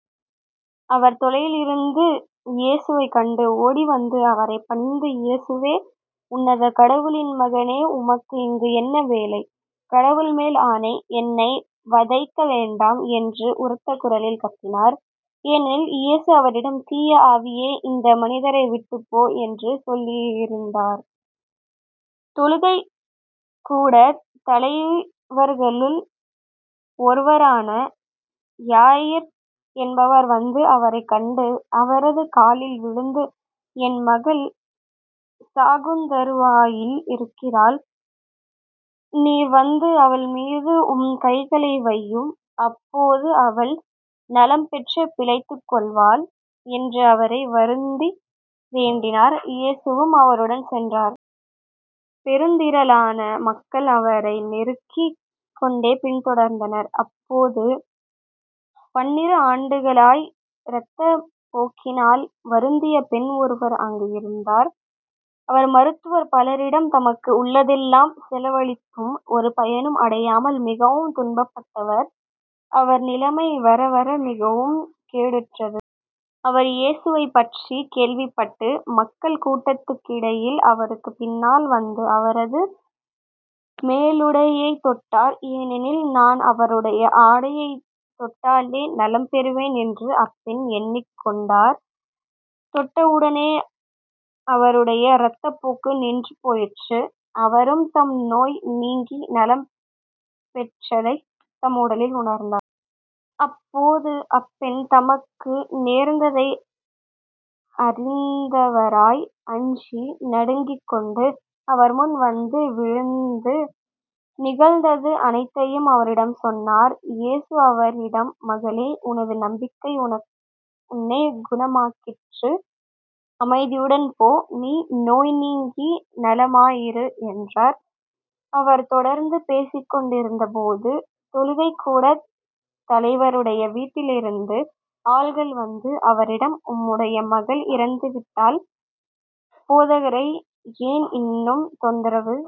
அவர் தொலையிலிருந்து இயேசுவைக் கண்டு ஓடிவந்து அவரைப் பணிந்து இயேசுவே உன்னத கடவுளின் மகனே உமக்கு இங்கு என்ன வேலை? கடவுள் மேல் ஆணை. என்னை வதைக்க வேண்டாம் என்று உரத்த குருலில் கத்தினார். ஏனெனில் இயேசு அவரிடம் தீய ஆவியே இந்த மனிதரை விட்டுப் போ என்று சொல்லியிருந்தார். தொழுகைக் கூடத் தலைவர்களுள் ஒருவரான யாயிர் என்பவர் வந்து அவரைக் கண்டு அவரது காலில் விழுந்து என் மகள் சாகுந்தறுவாயில் இருக்கிறாள். நீர் வந்து அவள்மீது உம் கைகளை வையும். அப்போது அவள் நலம் பெற்றுப் பிழைத்துக்கொள்வாள் என்று அவரை வருந்தி வேண்டினார். இயேசுவும் அவருடன் சென்றார். பெருந்திரளான மக்கள் அவரை நெருக்கிக் கொண்டே பின்தொடர்ந்தனர். அப்போது பன்னிரு ஆண்டுகளாய் இரத்தப் போக்கினால் வருந்திய பெண் ஒருவர் அங்கு இருந்தார். அவர் மருத்துவர் பலரிடம் தமக்கு உள்ளதெல்லாம் செலவழித்தும் ஒரு பயனும் அடையாமல் மிகவும் துன்பப்பட்டவர். அவர் நிலைமை வர வர மிகவும் கேடுற்றது. அவர் இயேசுவைப்பற்றிக் கேள்விப்பட்டு மக்கள் கூட்டத்துக்கிடையில் அவருக்குப் பின்னால் வந்து அவரது மேலுடையைத் தொட்டார். ஏனெனில் நான் அவருடைய ஆடையைத் தொட்டாலே நலம் பெறுவேன் என்று அப்பெண் எண்ணிக் கொண்டார். தொட்ட உடனே அவருடைய இரத்தப் போக்கு நின்று போயிற்று. அவரும் தம் நோய் நீங்கி நலம் பெற்றதைத் தம் உடலில் உணர்ந்தார். அப்போது அப்பெண் தமக்கு நேர்ந்ததை அறிந்தவராய், அஞ்சி நடுங்கிக்கொண்டு, அவர்முன் வந்து விழுந்து, நிகழ்ந்தது அனைத்தையும் அவரிடம் சொன்னார். இயேசு அவரிடம் மகளே உனது நம்பிக்கை உன்னைக் குணமாக்கிற்று. அமைதியுடன் போ. நீ நோய் நீங்கி நலமாயிரு என்றார். அவர் தொடர்ந்து பேசிக்கொண்டிருந்தபோது, தொழுகைக் கூடத் தலைவருடைய வீட்டிலிருந்து ஆள்கள் வந்து, அவரிடம் உம்முடைய மகள் இறந்துவிட்டாள். போதகரை ஏன் இன்னும் தொந்தரவு